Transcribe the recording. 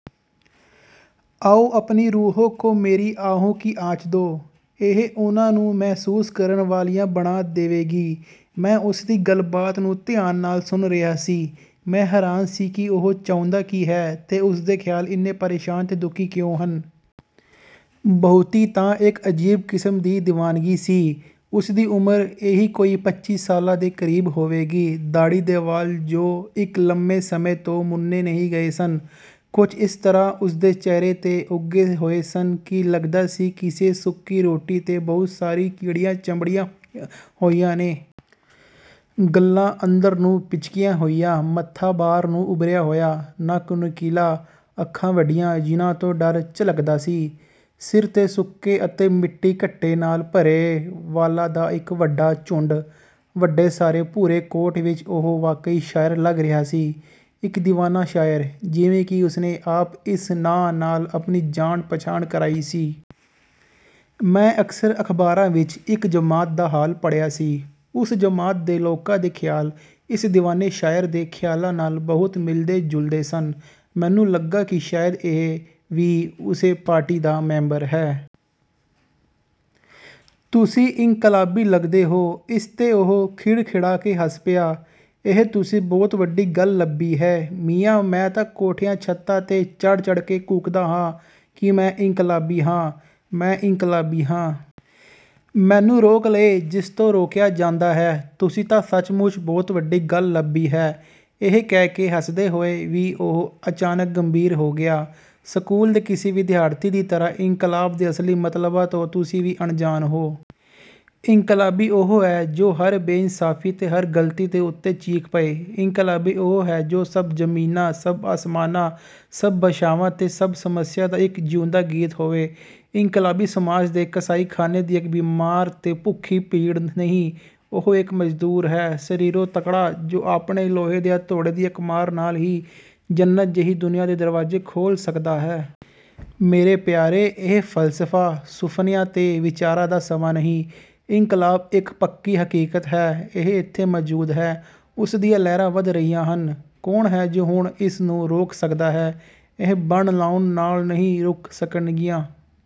ਆਓ ਅਪਨੀ ਰੂਹੋਂ ਕੋ ਮੇਰੀ ਆਹੋਂ ਕੀ ਆਂਚ ਦੋ। ਇਹ ਉਨ੍ਹਾਂ ਨੂੰ ਮਹਿਸੂਸ ਕਰਨ ਵਾਲੀਆਂ ਬਣਾ ਦੇਵੇਗੀ। ਮੈਂ ਉਸ ਦੀ ਗੱਲਬਾਤ ਨੂੰ ਧਿਆਨ ਨਾਲ ਸੁਣ ਰਿਹਾ ਸੀ। ਮੈਂ ਹੈਰਾਨ ਸੀ ਕਿ ਉਹ ਚਾਹੁੰਦਾ ਕੀ ਹੈ ਤੇ ਉਸ ਦੇ ਖ਼ਿਆਲ ਇੰਨੇ ਪਰੇਸ਼ਾਨ ਤੇ ਦੁਖੀ ਕਿਉਂ ਹਨ। ਬਹੁਤੀ ਤਾਂ ਇੱਕ ਅਜੀਬ ਕਿਸਮ ਦੀ ਦੀਵਾਨਗੀ ਸੀ। ਉਸ ਦੀ ਉਮਰ ਇਹੀ ਕੋਈ ਪੱਚੀ ਸਾਲਾਂ ਦੇ ਕਰੀਬ ਹੋਵੇਗੀ। ਦਾੜ੍ਹੀ ਦੇ ਵਾਲ ਜੋ ਇੱਕ ਲੰਮੇ ਸਮੇਂ ਤੋਂ ਮੁੰਨੇ ਨਹੀਂ ਗਏ ਸਨ, ਕੁਝ ਇਸ ਤਰ੍ਹਾਂ ਉਸਦੇ ਚਿਹਰੇ ’ਤੇ ਉੱਗੇ ਹੋਏ ਸਨ ਕਿ ਲੱਗਦਾ ਸੀ ਕਿਸੇ ਸੁੱਕੀ ਰੋਟੀ ’ਤੇ ਬਹੁਤ ਸਾਰੀਆਂ ਕੀੜੀਆਂ ਚੰਬੜੀਆਂ ਹੋਈਆਂ ਨੇ। ਗੱਲ੍ਹਾਂ ਅੰਦਰ ਨੂੰ ਪਿਚਕੀਆਂ ਹੋਈਆਂ, ਮੱਥਾ ਬਾਹਰ ਨੂੰ ਉੱਭਰਿਆ ਹੋਇਆ। ਨੱਕ ਨੋਕੀਲਾ। ਅੱਖਾਂ ਵੱਡੀਆਂ ਜਿਨ੍ਹਾਂ ਤੋਂ ਡਰ ਝਲਕਦਾ ਸੀ। ਸਿਰ ’ਤੇ ਸੁੱਕੇ ਅਤੇ ਮਿੱਟੀ-ਘੱਟੇ ਨਾਲ ਭਰੇ ਵਾਲਾਂ ਦਾ ਇੱਕ ਵੱਡਾ ਝੁੰਡ। ਵੱਡੇ ਸਾਰੇ ਭੂਰੇ ਕੋਟ ਵਿਚ ਉਹ ਵਾਕਈ ਸ਼ਾਇਰ ਲੱਗ ਰਿਹਾ ਸੀ, ਇੱਕ ਦੀਵਾਨਾ ਸ਼ਾਇਰ, ਜਿਵੇਂ ਕਿ ਉਸਨੇ ਆਪ ਇਸ ਨਾਂ ਨਾਲ ਆਪਣੀ ਜਾਣ-ਪਛਾਣ ਕਰਾਈ ਸੀ। ਮੈਂ ਅਕਸਰ ਅਖ਼ਬਾਰਾਂ ਵਿਚ ਇੱਕ ਜਮਾਤ ਦਾ ਹਾਲ ਪੜ੍ਹਿਆ ਸੀ। ਉਸ ਜਮਾਤ ਦੇ ਲੋਕਾਂ ਦੇ ਖ਼ਿਆਲ ਇਸ ਦੀਵਾਨੇ ਸ਼ਾਇਰ ਦੇ ਖ਼ਿਆਲਾਂ ਨਾਲ ਬਹੁਤ ਮਿਲਦੇ-ਜੁਲਦੇ ਸਨ। ਮੈਨੂੰ ਲੱਗਾ ਕਿ ਸ਼ਾਇਦ ਇਹ ਵੀ ਉਸੇ ਪਾਰਟੀ ਦਾ ਮੈਂਬਰ ਹੈ। ਤੁਸੀਂ ਇਨਕਲਾਬੀ ਲੱਗਦੇ ਹੋ। ਇਸ ’ਤੇ ਉਹ ਖਿੜਖਿੜਾ ਕੇ ਹੱਸ ਪਿਆ। ਇਹ ਤੁਸੀਂ ਬਹੁਤ ਵੱਡੀ ਗੱਲ ਲੱਭੀ ਹੈ। ਮੀਆਂ, ਮੈਂ ਤਾਂ ਕੋਠਿਆਂ-ਛੱਤਾਂ ’ਤੇ ਚੜ੍ਹ-ਚੜ੍ਹ ਕੇ ਕੂਕਦਾ ਹਾਂ ਕਿ ਮੈਂ ਇਨਕਲਾਬੀ ਹਾਂ, ਮੈਂ ਇਨਕਲਾਬੀ ਹਾਂ। ਮੈਨੂੰ ਰੋਕ ਲਏ ਜਿਸ ਤੋਂ ਰੋਕਿਆ ਜਾਂਦਾ ਹਾਂ। ਤੁਸੀਂ ਤਾਂ ਸੱਚਮੁੱਚ ਬਹੁਤ ਵੱਡੀ ਗੱਲ ਲੱਭੀ ਹੈ। ਇਹ ਕਹਿ ਕੇ ਹੱਸਦੇ ਹੋਏ ਵੀ ਉਹ ਅਚਾਨਕ ਗੰਭੀਰ ਹੋ ਗਿਆ। ਸਕੂਲ ਦੇ ਕਿਸੇ ਵਿਦਿਆਰਥੀ ਦੀ ਤਰ੍ਹਾਂ ਇਨਕਲਾਬ ਦੇ ਅਸਲੀ ਮਤਲਬਾਂ ਤੋਂ ਤੁਸੀਂ ਵੀ ਅਣਜਾਣ ਹੋ। ਇਨਕਲਾਬੀ ਉਹ ਹੈ ਜੋ ਹਰ ਬੇਇਨਸਾਫ਼ੀ ਤੇ ਹਰ ਗਲਤੀ ਦੇ ਉੱਤੇ ਚੀਖ਼ ਪਏ। ਇਨਕਲਾਬੀ ਉਹ ਹੈ ਜੋ ਸਭ ਜ਼ਮੀਨਾਂ, ਸਭ ਅਸਮਾਨਾਂ, ਸਭ ਭਾਸ਼ਾਵਾਂ ਤੇ ਸਭ ਸਮਿਆਂ ਦਾ ਇੱਕ ਜਿਉਂਦਾ ਗੀਤ ਹੋਵੇ। ਇਨਕਲਾਬੀ ਸਮਾਜ ਦੇ ਕਸਾਈਖਾਨੇ ਦੀ ਇੱਕ ਬਿਮਾਰ ਤੇ ਭੁੱਖੀ ਭੀੜ ਨਹੀਂ, ਉਹ ਇੱਕ ਮਜ਼ਦੂਰ ਹੈ, ਸਰੀਰੋਂ ਤਕੜਾ, ਜੋ ਆਪਣੇ ਲੋਹੇ ਦੇ ਹਥੌੜੇ ਦੀ ਇੱਕ ਮਾਰ ਨਾਲ ਹੀ ਜੰਨਤ ਜਿਹੀ ਦੁਨੀਆ ਦੇ ਦਰਵਾਜ਼ੇ ਖੋਲ੍ਹ ਸਕਦਾ ਹੈ। ਮੇਰੇ ਪਿਆਰੇ, ਇਹ ਫ਼ਲਸਫ਼ਿਆਂ, ਸੁਫ਼ਨਿਆਂ ਤੇ ਵਿਚਾਰਾਂ ਦਾ ਸਮਾਂ ਨਹੀਂ। ਇਨਕਲਾਬ ਇੱਕ ਪੱਕੀ ਹਕੀਕਤ ਹੈ, ਇਹ ਇੱਥੇ ਮੌਜੂਦ ਹੈ। ਉਸ ਦੀਆਂ ਲਹਿਰਾਂ ਵਧ ਰਹੀਆਂ ਹਨ। ਕੌਣ ਹੈ ਜੋ ਹੁਣ ਇਸ ਨੂੰ ਰੋਕ ਸਕਦਾ ਹੈ। ਇਹ ਬੰਨ੍ਹ ਲਾਉਣ ਨਾਲ ਨਹੀਂ ਰੁਕ ਸਕਣਗੀਆਂ।